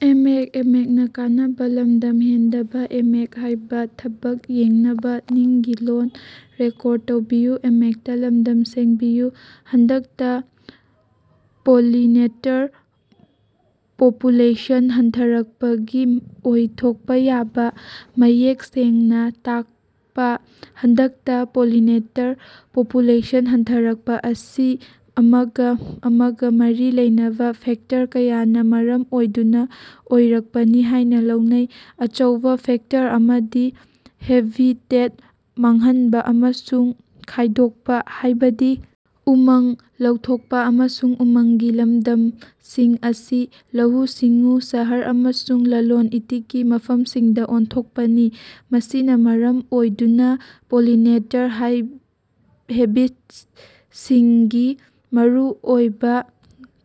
ꯍꯟꯗꯛꯇ pollinator population ꯍꯟꯊꯔꯛꯄꯒꯤ ꯑꯣꯏꯊꯣꯛꯄ ꯌꯥꯕ ꯃꯌꯦꯛ ꯁꯦꯡꯅ ꯇꯥꯛꯄ꯫ ꯍꯟꯗꯛꯇ ꯄꯣꯂꯤꯅꯦꯇꯔ ꯄꯣꯄꯨꯂꯦꯁꯟ ꯍꯟꯊꯔꯛꯄ ꯑꯁꯤ ꯑꯃꯒ ꯑꯃꯒ ꯃꯔꯤ ꯂꯩꯅꯕ ꯐꯦꯛꯇꯔ ꯀꯌꯥꯅ ꯃꯔꯝ ꯑꯣꯏꯗꯨꯅ ꯑꯣꯏꯔꯛꯄꯅꯤ ꯍꯥꯏꯅ ꯂꯧꯅꯩ꯫ ꯑꯆꯧꯕ ꯐꯦꯛꯇꯔ ꯑꯃꯗꯤ ꯍꯦꯕꯤꯇꯦꯠ ꯃꯥꯡꯍꯟꯕ ꯑꯃꯁꯨꯡ ꯈꯥꯏꯗꯣꯛꯄ, ꯍꯥꯢꯕꯗꯤ ꯎꯃꯪ ꯂꯧꯊꯣꯛꯄ ꯑꯃꯁꯨꯡ ꯎꯃꯪꯒꯤ ꯂꯝꯁꯤꯡ ꯑꯁꯤ ꯂꯧꯎ-ꯁꯤꯡꯎ, ꯁꯍꯔ ꯑꯃꯁꯨꯡ ꯂꯂꯣꯟ-ꯏꯇꯤꯛꯀꯤ ꯃꯐꯝꯁꯤꯡꯗ ꯑꯣꯟꯊꯣꯛꯄꯅꯤ꯫ ꯃꯁꯤꯅ ꯃꯔꯝ ꯑꯣꯏꯗꯨꯅ ꯄꯣꯂꯤꯅꯦꯇꯔ ꯍꯥꯏꯕꯦꯇꯁꯤꯡꯒꯤ ꯃꯔꯨꯑꯣꯏꯕ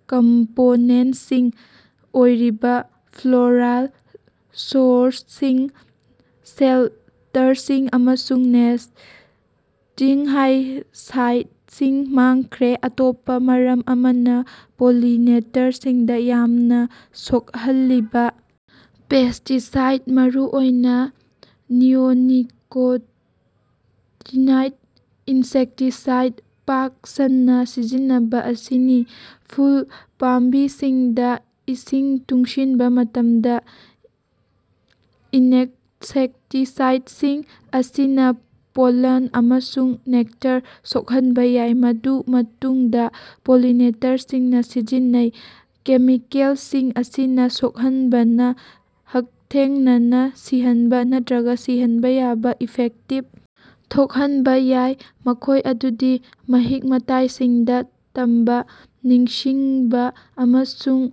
ꯀꯝꯄꯣꯅꯦꯟꯇꯁꯤꯡ ꯑꯣꯏꯔꯤꯕꯥ ꯐ꯭ꯂꯣꯔꯥꯜ ꯁꯣꯔꯁꯁꯤꯡ, ꯁꯦꯂꯇꯔꯁꯤꯡ ꯑꯃꯁꯨꯡ ꯅꯦꯁ꯭ꯇꯤꯡ ꯁꯥꯏꯠꯁꯤꯡ ꯃꯥꯡꯈ꯭ꯔꯦ꯫ ꯑꯇꯣꯞꯄ ꯃꯔꯝ ꯑꯃꯅ ꯄꯣꯂꯤꯅꯦꯇꯔꯁꯤꯡꯗ ꯌꯥꯝꯅ ꯁꯣꯛꯍꯜꯂꯤꯕ ꯄꯦꯁ꯭ꯇꯤꯁꯥꯏꯗꯁꯤꯡ, ꯃꯔꯨꯑꯣꯏꯅꯥ ꯅꯤꯑꯣꯅꯤꯀꯣꯇꯤꯅꯣꯏꯗ ꯏꯟꯁꯦꯛꯇꯤꯁꯥꯏꯗꯁꯤꯡ ꯄꯥꯛ ꯁꯟꯅ ꯁꯤꯖꯤꯟꯅꯕ ꯑꯁꯤꯅꯤ꯫ ꯐꯨꯜ ꯄꯥꯝꯕꯤꯁꯤꯡꯗ ꯏꯁꯤꯡ ꯇꯨꯡꯁꯤꯟꯕ ꯃꯇꯝꯗ ꯏꯅꯁꯦꯛꯇꯤꯁꯥꯏꯗꯁꯤꯡ ꯑꯁꯤꯅ ꯄꯣꯂꯟ ꯑꯃꯁꯨꯡ ꯅꯦꯛꯇꯔ ꯁꯣꯛꯍꯟꯕ ꯌꯥꯏ꯫ ꯃꯗꯨ ꯃꯇꯨꯡꯗ ꯄꯣꯂꯤꯅꯦꯇꯔꯁꯤꯡꯅ ꯁꯤꯖꯤꯟꯅꯩ꯫ ꯀꯦꯃꯤꯀꯦꯜꯁꯤꯡ ꯑꯁꯤꯅ ꯁꯣꯛꯍꯟꯕꯅ ꯍꯛꯊꯦꯡꯅꯅ ꯁꯤꯍꯟꯕ ꯅꯠꯇ꯭ꯔꯒ ꯁꯤꯍꯟꯕ ꯌꯥꯕ ꯏꯐꯦꯛꯇꯁꯤꯡ ꯊꯣꯛꯍꯟꯕ ꯌꯥꯏ꯫ ꯃꯈꯣꯏ ꯑꯗꯨꯗꯤ ꯃꯍꯤꯛ-ꯃꯇꯥꯏꯁꯤꯡꯗ ꯇꯝꯕ, ꯅꯤꯡꯁꯤꯡꯕ ꯑꯃꯁꯨꯡ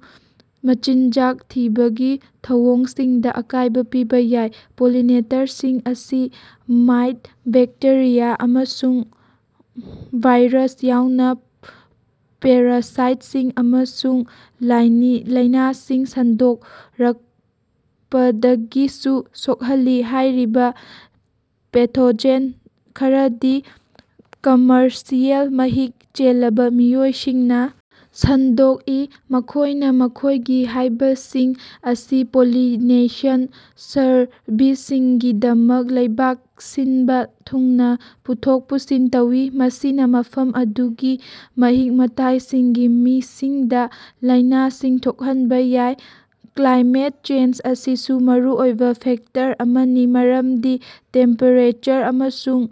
ꯃꯆꯤꯟꯖꯥꯛ ꯊꯤꯕꯒꯤ ꯊꯧꯑꯣꯡꯁꯤꯡꯗ ꯑꯀꯥꯏꯕ ꯄꯤꯕ ꯌꯥꯏ꯫ ꯄꯣꯂꯤꯅꯦꯇ꯭ꯔꯁꯤꯡ ꯑꯁꯤ ꯃꯥꯏꯠ, ꯕꯦꯛꯇꯦꯔꯤꯌꯥ ꯑꯃꯁꯨꯡ ꯚꯥꯏꯔꯁ ꯌꯥꯎꯅ ꯄꯦꯔꯥꯁꯥꯏꯠꯁꯤꯡ ꯑꯃꯁꯨꯡ ꯂꯥꯏꯅꯥꯁꯤꯡ ꯁꯟꯗꯣꯔꯛꯄꯗꯒꯤꯁꯨ ꯁꯣꯛꯍꯜꯂꯤ꯫ ꯍꯥꯏꯔꯤꯕ ꯄꯦꯊꯣꯖꯦꯟ ꯈꯔꯗꯤ ꯀꯝꯃꯔꯁꯤꯑꯦꯜ ꯃꯍꯤꯛ ꯆꯦꯜꯂꯕ ꯃꯤꯑꯣꯏꯁꯤꯡꯅ ꯁꯟꯗꯣꯛꯏ꯫ ꯃꯈꯣꯏꯅ ꯃꯈꯣꯏꯒꯤ ꯍꯥꯏꯕꯁꯤꯡ ꯑꯁꯤ ꯄꯣꯂꯤꯅꯦꯁꯟ ꯁꯔꯚꯤꯁꯁꯤꯡꯒꯤꯗꯃꯛꯇ ꯂꯩꯕꯥꯛ ꯁꯤꯟꯕ ꯊꯨꯡꯅ ꯄꯨꯊꯣꯛ ꯄꯨꯁꯤꯟ ꯇꯧꯏ꯫ ꯃꯁꯤꯅ ꯃꯐꯝ ꯑꯗꯨꯒꯤ ꯃꯍꯤꯛ-ꯃꯇꯥꯏꯁꯤꯡꯒꯤ ꯃꯤꯁꯤꯡꯗ ꯂꯥꯏꯅꯥꯁꯤꯡ ꯊꯣꯛꯍꯟꯕ ꯌꯥꯏ꯫ ꯀ꯭ꯂꯥꯏꯃꯦꯠ ꯆꯦꯟꯖ ꯑꯁꯤꯁꯨ ꯃꯔꯨꯑꯣꯏꯕ ꯐꯦꯛꯇꯔ ꯑꯃꯅꯤ꯫ ꯃꯔꯝꯗꯤ ꯇꯦꯝꯄꯦꯔꯦꯆꯔ ꯑꯃꯁꯨꯡ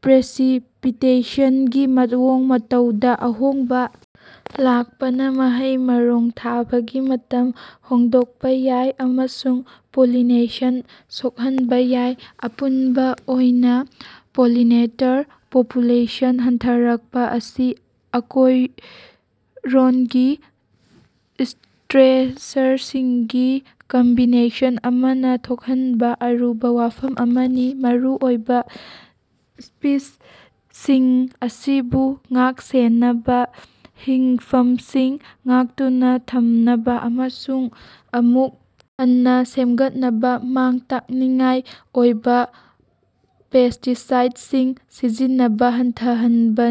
ꯄ꯭ꯔꯦꯁꯤꯄꯤꯇꯦꯁꯟꯒꯤ ꯃꯑꯣꯡ-ꯃꯇꯧꯗ ꯑꯍꯣꯡꯕ ꯂꯥꯛꯄꯅ ꯃꯍꯩ-ꯃꯔꯣꯡ ꯊꯥꯕꯒꯤ ꯃꯇꯝ ꯍꯣꯡꯗꯣꯛꯄ ꯌꯥꯏ꯫ ꯑꯃꯁꯨꯡ ꯄꯣꯂꯤꯅꯦꯁꯟ ꯁꯣꯛꯍꯟꯕ ꯌꯥꯏ꯫ ꯑꯄꯨꯟꯕ ꯑꯣꯏꯅ ꯄꯣꯂꯤꯅꯦꯇꯔ ꯄꯣꯄꯨꯂꯦꯁꯟ ꯍꯟꯊꯔꯛꯄ ꯑꯁꯤ ꯑꯀꯣꯏꯔꯣꯟꯒꯤ ꯁ꯭ꯇꯔꯦꯁꯔꯁꯤꯡꯒꯤ ꯀꯝꯕꯤꯅꯦꯁꯟ ꯑꯃꯅ ꯊꯣꯛꯍꯟꯕ ꯑꯔꯨꯕ ꯋꯥꯐꯝ ꯑꯃꯅꯤ꯫ ꯃꯔꯨꯑꯣꯏꯕ ꯁ꯭ꯄꯤꯁꯤꯁꯁꯤꯡ ꯑꯁꯤꯕꯨ ꯉꯥꯛ-ꯁꯦꯟꯅꯕ, ꯍꯤꯡꯐꯃꯁꯤꯡ ꯉꯥꯛꯇꯨꯅ ꯊꯝꯅꯕ ꯑꯃꯁꯨꯡ ꯑꯃꯨꯛ ꯍꯟꯅ ꯁꯦꯃꯒꯠꯅꯕ, ꯃꯥꯡ-ꯇꯥꯛꯅꯤꯡꯉꯥꯏ ꯑꯣꯏꯕ ꯄꯦꯁ꯭ꯇꯤꯁꯥꯏꯗꯁꯤꯡ ꯁꯤꯖꯤꯟꯅꯕ ꯍꯟꯊꯍꯟꯅꯕ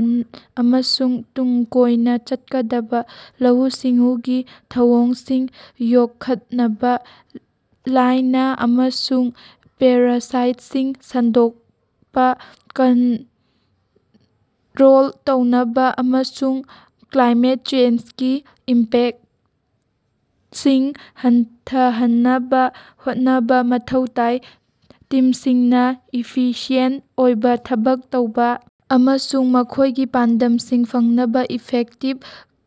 ꯑꯃꯁꯨꯡ ꯇꯨꯡ ꯀꯣꯏꯅ ꯆꯠꯀꯗꯕ ꯂꯧꯎ-ꯁꯤꯡꯎꯒꯤ ꯊꯧꯑꯣꯡꯁꯤꯡ ꯌꯣꯛꯈꯠꯅꯕ, ꯂꯥꯌꯅꯥ ꯑꯃꯁꯨꯡ ꯄꯦꯔꯥꯁꯥꯏꯠꯁꯤꯡ ꯁꯟꯗꯣꯀꯄꯥ ꯀꯟꯠꯔꯣꯜ ꯇꯧꯅꯕ, ꯑꯃꯁꯨꯡ ꯀ꯭ꯂꯥꯏꯃꯦꯠ ꯆꯦꯟꯖꯒꯤ ꯏꯝꯄꯦꯛꯇꯁꯤꯡ ꯍꯟꯊꯍꯟꯅꯕ ꯍꯣꯠꯅꯕ ꯃꯊꯧ ꯇꯥꯏ꯫ ꯇꯤꯝꯁꯤꯡꯅ ꯏꯐꯤꯁꯤꯌꯦꯟꯇ ꯑꯣꯏꯅ ꯊꯕꯛ ꯇꯧꯕ ꯑꯃꯁꯨꯡ ꯃꯈꯣꯏꯒꯤ ꯄꯥꯟꯗꯝꯁꯤꯡ ꯐꯪꯅꯕ ꯏꯐꯦꯛꯇꯤꯕ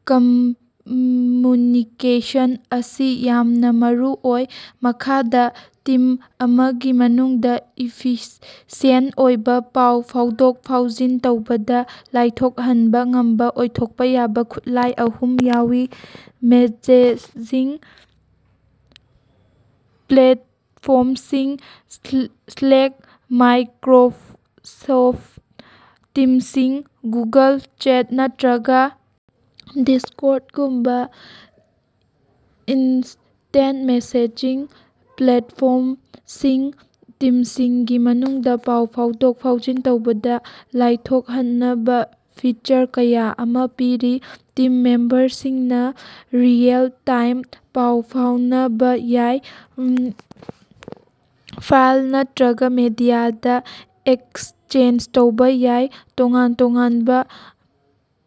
ꯀꯝꯝꯌꯨꯅꯤꯀꯦꯁꯟ ꯑꯁꯤ ꯌꯥꯝꯅ ꯃꯔꯨꯑꯣꯏ꯫ ꯃꯈꯥꯗ ꯇꯤꯝ ꯑꯃꯒꯤ ꯃꯅꯨꯡꯗ ꯏꯐꯤꯁꯤꯑꯦꯟꯇ ꯑꯣꯏꯕ ꯄꯥꯎ ꯐꯥꯎꯗꯣꯛ-ꯐꯥꯎꯖꯤꯟ ꯇꯧꯕꯗ ꯂꯥꯏꯊꯣꯛꯍꯟꯕ ꯉꯝꯕ ꯑꯣꯏꯊꯣꯛꯄ ꯌꯥꯕ ꯈꯨꯠꯂꯥꯏ ꯑꯍꯨꯝ ꯌꯥꯎꯏ: ꯃꯦꯁꯦꯖꯤꯡ ꯄ꯭ꯂꯦꯇꯐꯣꯔꯃꯁꯤꯡ: ꯁ꯭ꯂꯦꯛ, ꯃꯥꯏꯀ꯭ꯔꯣꯁꯣꯐꯠ ꯇꯤꯝꯁꯤꯡ, ꯒꯨꯒꯜ ꯆꯦꯠ, ꯅꯠꯇ꯭ꯔꯒ ꯗꯤꯁ꯭ꯀꯣꯔꯗꯒꯨꯝꯕ ꯏꯅꯁ꯭ꯇꯦꯟꯇ ꯃꯦꯁꯦꯖꯤꯡ ꯄ꯭ꯂꯦꯇꯐꯣꯔꯃꯁꯤꯡꯅ ꯇꯤꯝꯁꯤꯡꯒꯤ ꯃꯅꯨꯡꯗ ꯄꯥꯎ ꯐꯥꯎꯗꯣꯛ-ꯐꯥꯎꯖꯤꯟ ꯇꯧꯕꯗ ꯂꯥꯏꯊꯣꯛꯍꯟꯅꯕ ꯐꯤꯆꯔ ꯀꯌꯥ ꯑꯃ ꯄꯤꯔꯤ꯫ ꯇꯤꯝ ꯃꯦꯝꯕꯔꯁꯤꯡꯅ ꯔꯤꯑꯦꯜ-ꯇꯥꯏꯝꯗ ꯄꯥꯎ ꯐꯥꯎꯅꯕ ꯌꯥꯏ꯫ ꯐꯥꯏꯜ ꯅꯠꯇ꯭ꯔꯒ ꯃꯦꯗꯤꯌꯥꯗ ꯑꯦꯛꯁꯆꯦꯟꯖ ꯇꯧꯕ ꯌꯥꯏ꯫ ꯇꯣꯉꯥꯟ ꯇꯣꯉꯥꯟꯕ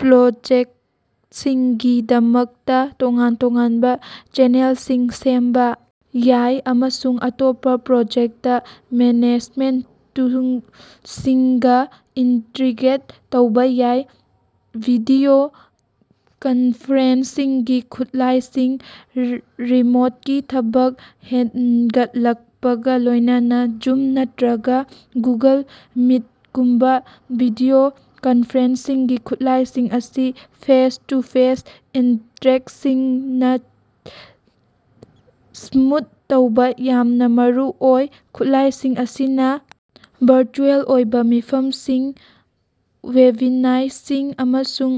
ꯄ꯭ꯔꯣꯖꯦꯛꯇꯁꯤꯡꯒꯤꯗꯃꯛꯇ ꯇꯣꯉꯥꯟ ꯇꯣꯉꯥꯟꯕ ꯆꯦꯅꯦꯜꯁꯤꯡ ꯁꯦꯝꯕ ꯌꯥꯏ꯫ ꯑꯃꯁꯨꯡ ꯑꯇꯣꯞꯄ ꯄ꯭ꯔꯣꯖꯦꯛꯇ ꯃꯦꯅꯦꯖꯃꯦꯟꯇ ꯇꯨꯂꯁꯤꯡꯒ ꯏꯟꯇꯤꯒ꯭ꯔꯦꯠ ꯇꯧꯕ ꯌꯥꯏ꯫ ꯚꯤꯗꯤꯑꯣ ꯀꯅꯐꯔꯦꯟꯁꯤꯡꯒꯤ ꯈꯨꯠꯂꯥꯢꯁꯤꯡ: ꯔꯤꯃꯣꯠꯀꯤ ꯊꯕꯛ ꯍꯦꯅꯒꯠꯂꯛꯄꯒ ꯂꯣꯏꯅꯅ ꯖꯨꯝ ꯅꯠꯇ꯭ꯔꯒ ꯒꯨꯒꯜ ꯃꯤꯇꯒꯨꯝꯕ ꯚꯤꯗꯤꯑꯣ ꯀꯅꯐꯔꯦꯟꯁꯤꯡꯒꯤ ꯈꯨꯠꯂꯥꯏꯁꯤꯡ ꯑꯁꯤ ꯐꯦꯁ-ꯇꯨ-ꯐꯦꯁ ꯏꯟꯇꯔꯦꯛꯁꯅꯁꯤꯡ ꯁꯤꯃꯨꯂꯦꯠ ꯇꯧꯕꯗ ꯌꯥꯝꯅ ꯃꯔꯨ ꯑꯣꯏꯔꯦ꯫ ꯈꯨꯠꯂꯥꯏꯁꯤꯡ ꯑꯁꯤꯅ ꯚꯔꯆꯨꯑꯦꯜ ꯑꯣꯏꯕ ꯃꯤꯐꯝꯁꯤꯡ, ꯋꯦꯕꯤꯅꯥꯔꯁꯤꯡ, ꯑꯃꯁꯨꯡ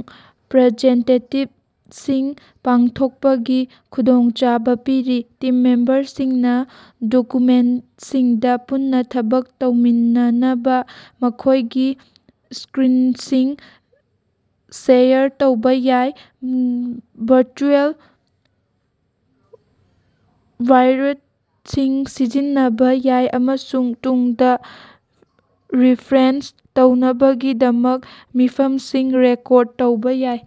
ꯄ꯭ꯔꯖꯦꯟꯇꯦꯁꯟꯁꯤꯡ ꯄꯥꯡꯊꯣꯛꯄꯒꯤ ꯈꯨꯗꯣꯡꯆꯥꯕ ꯄꯤꯔꯤ꯫ ꯇꯤꯝ ꯃꯦꯝꯕꯔꯁꯤꯡꯅ ꯗꯣꯀꯨꯃꯦꯟꯇꯁꯤꯡꯗ ꯄꯨꯟꯅ ꯊꯕꯛ ꯇꯧꯃꯤꯟꯅꯅꯕ ꯃꯈꯣꯏꯒꯤ ꯁ꯭ꯀꯔꯤꯅꯁꯤꯡ ꯁꯦꯌꯔ ꯇꯧꯕꯥ ꯌꯥꯏ꯫ ꯚꯔꯆꯨꯑꯦꯜ ꯋꯥꯏꯠꯕꯣꯔꯗꯁꯤꯡ ꯁꯤꯖꯤꯟꯅꯕ ꯌꯥꯏ ꯑꯃꯁꯨꯡ ꯇꯨꯡꯗ ꯔꯤꯐꯔꯦꯟꯁ ꯇꯧꯅꯕꯒꯤꯗꯃꯛ ꯃꯤꯐꯝꯁꯤꯡ ꯔꯦꯀꯣꯔꯗ ꯇꯧꯕ ꯌꯥꯏ꯫